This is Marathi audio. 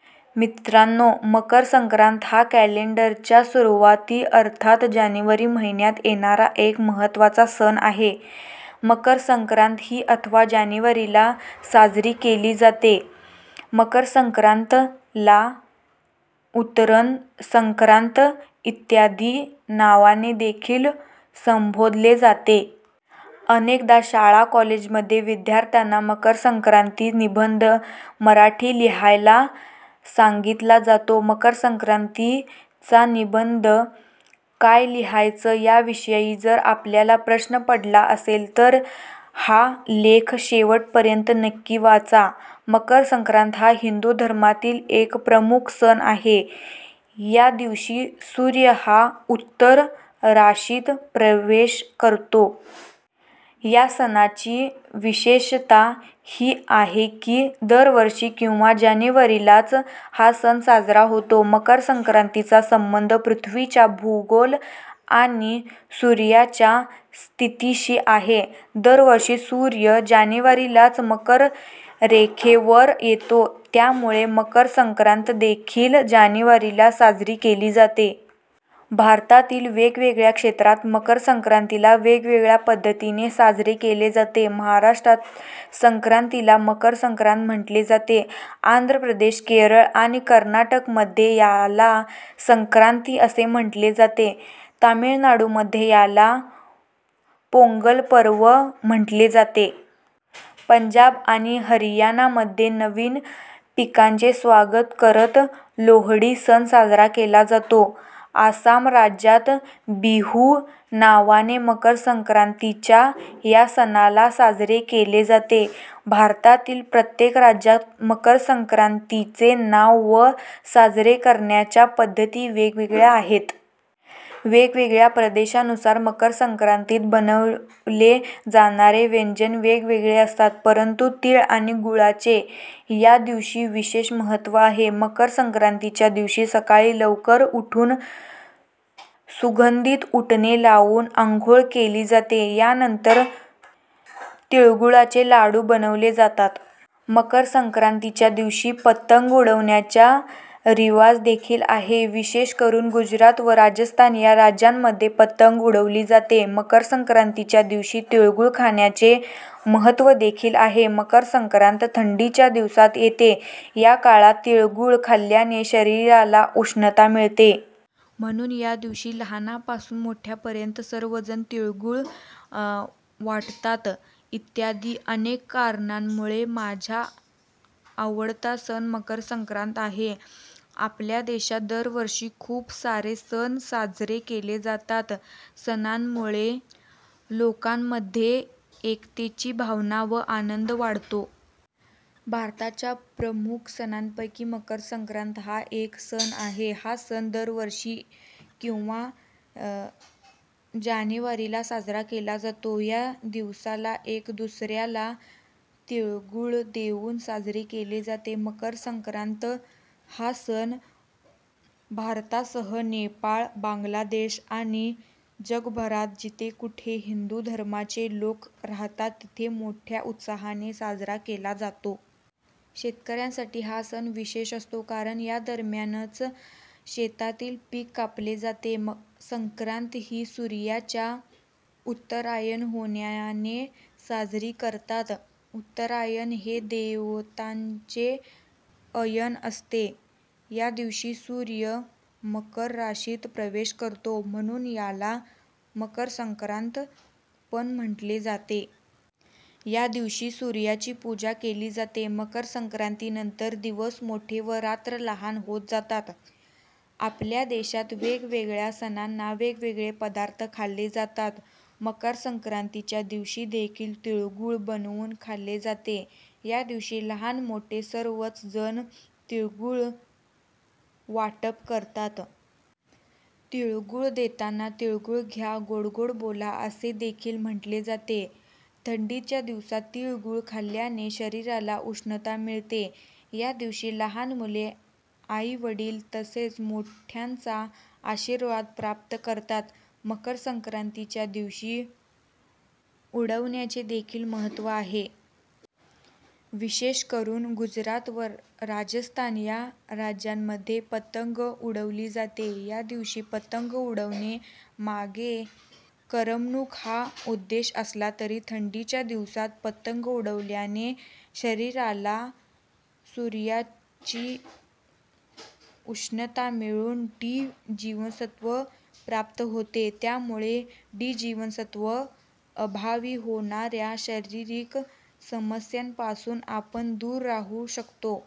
: मित्रांनो मकर संक्रांत हा कॅलेंडर च्या सुरुवाती अर्थात जानेवारी महिन्यात येणारा एक महत्त्वाचा सण आहे. मकरसंक्रांत ही अथवा जानेवारी ला साजरी केली जाते. मकरसंक्रांत ला उतरण, संक्रांत इत्यादी नावाने देखील संबोधले जाते. अनेकदा शाळा कॉलेज मध्ये विद्यार्थ्यांना मकर संक्रांती निबंध मराठी लिहायला सांगितला जातो. मकर संक्रांती चा निबंध काय लिहायचं याविषयी जर आपल्याला प्रश्न पडला असेल तर हा लेख शेवटपर्यंत नक्की वाचा. मकरसंक्रांत हा हिंदू धर्मातील एक प्रमुख सण आहे, या दिवशी सूर्य हा उत्तर राशीत प्रवेश करतो. या सणाची विशेषता ही आहे की दरवर्षी किंवा जानेवारीलाच हा सण साजरा होतो. मकरसंक्रांतीचा संबंध पृथ्वीच्या भूगोल आणि सूर्याच्या स्थितीशी आहे. दरवर्षी सूर्य जानेवारीलाच मकर रेखे वर येतो. यामुळे मकर संक्रांत देखील जानेवारीला साजरी केली जाते. भारतातील वेगवेगळ्या क्षेत्रात मकर संक्रांतीला वेगवेगळ्या पद्धतीने साजरे केले जाते. महाराष्ट्रात संक्रांतीला मकर संक्रांत म्हटले जाते. आंध्र प्रदेश, केरळ आणि कर्नाटक मध्ये याला संक्रांति असे म्हटले जाते. तमिळनाडूमध्ये याला 'पोंगल' पर्व म्हटले जाते. पंजाब आणि हरियाणा मध्ये नवीन पिकाचे स्वागत करत लोहडी सण साजरा केला जातो. आसाम राज्यात बिहू नावाने मकर संक्रांतीच्या या सणाला साजरे केले जाते. भारतातील प्रत्येक राज्यात मकरसंक्रांतीचे नाव व साजरे करण्याच्या पद्धती वेगवेगळ्या आहेत. वेगवेगळ्या प्रदेशानुसार मकर संक्रांतीत बनवले जाणारे व्यंजन वेगवेगळे असतात, परंतु तीळ आणि गुळाचे या दिवशी विशेष महत्त्व आहे. मकर संक्रांतीच्या दिवशी सकाळी लवकर उठून सुगंधित उटने लाऊन आंघोळ केली जाते. यानंतर तिळगुळाचे लाडू बनवले जातात. मकर संक्रांतीच्या दिवशी पतंग उडवण्याच्या रीवाज देखील आहे. विशेष करून गुजरात व राजस्थान या राज्यांमध्ये पतंग उडवली जाते. मकर संक्रांतीच्या दिवशी तिळगुळ खाण्याचे महत्त्व देखील आहे. मकर संक्रांत थंडीच्या दिवसात येते या काळात तीळ गूळ खाल्ल्याने शरीराला उष्णता मिळते. म्हणून या दिवशी लहानापासून मोठ्यापर्यंत सर्वजण तिळगुळ वाटतात. इत्यादी अनेक कारणांमुळे माझा आवडता सण मकर संक्रांत आहे. आपल्या देशात दरवर्षी खूप सारे सण साजरे केले जातात. सणांमुळे लोकामध्ये एकतेची भावना व आनंद वाढतो. भारताच्या प्रमुख सणापैकी मकर संक्रांत हा एक सण आहे. हा सण दरवर्षी किंवा जानेवारीला साजरा केला जातो. या दिवसाला एक दुसऱ्याला तिळगुळ देऊन साजरे केले जाते. मकरसंक्रांत हा सण भारतासह नेपाळ, बांगलादेश आणि जगभरात जिथे कुठे हिंदू धर्माचे लोक राहतात तेथे मोठ्या उत्साहाने साजरा केला जातो. शेतकऱ्यांसाठी हा सण विशेष असतो कारण यादरम्यानच शेतातील पिक कापले जाते. संक्रांत ही सूर्याच्या उत्तरायण होण्याने साजरी करतात. उत्तरायण हे देवतांचे अयन असते. यादिवशी सूर्य मकर राशीत प्रवेश करतो, म्हणून याला 'मकर संक्रांत' पण म्हटले जाते. या दिवशी सूर्याची पूजा केली जाते. मकर संक्रांती नंतर दिवस मोठे व रात्र लहान होत जातात. आपल्या देशात वेगवेगळ्या सणाना वेगवेगळे पदार्थ खाल्ले जातात. मकर संक्रांतीच्या दिवशी देखील तिळगुळ बनवून खाल्ले जाते. या दिवशी लहान मोठे सर्वच जण तिळगुळ वाटप करतात. तिळगुळ देताना "तिळगुळ घ्या, गोड गोड बोला" असे देखील म्हटले जाते. थंडीच्या दिवसात तीळ गुळ खाल्ल्याने शरीराला उष्णता मिळते. या दिवशी लहान मुले आई वडील तसेच मोठ्याचा आशीर्वाद प्राप्त करतात. मकर संक्रांतीच्या दिवशी उडवण्याचे देखील महत्त्व आहे. विशेष करून गुजरात व राजस्थान या राज्यांमध्ये पतंग उडवली जाते. या दिवशी पतंग उडवणे मागे करमणूक हा उद्देश असला तरी थंडीच्या दिवसात पतंग उडवल्याने शरीराला सूर्याची उष्णता मिळून डी जीवनसत्व प्राप्त होते. यामुळे डी जीवनसत्व अभावी होणाऱ्या शारीरिक समस्यांपासून आपण दूर राहू शकतो.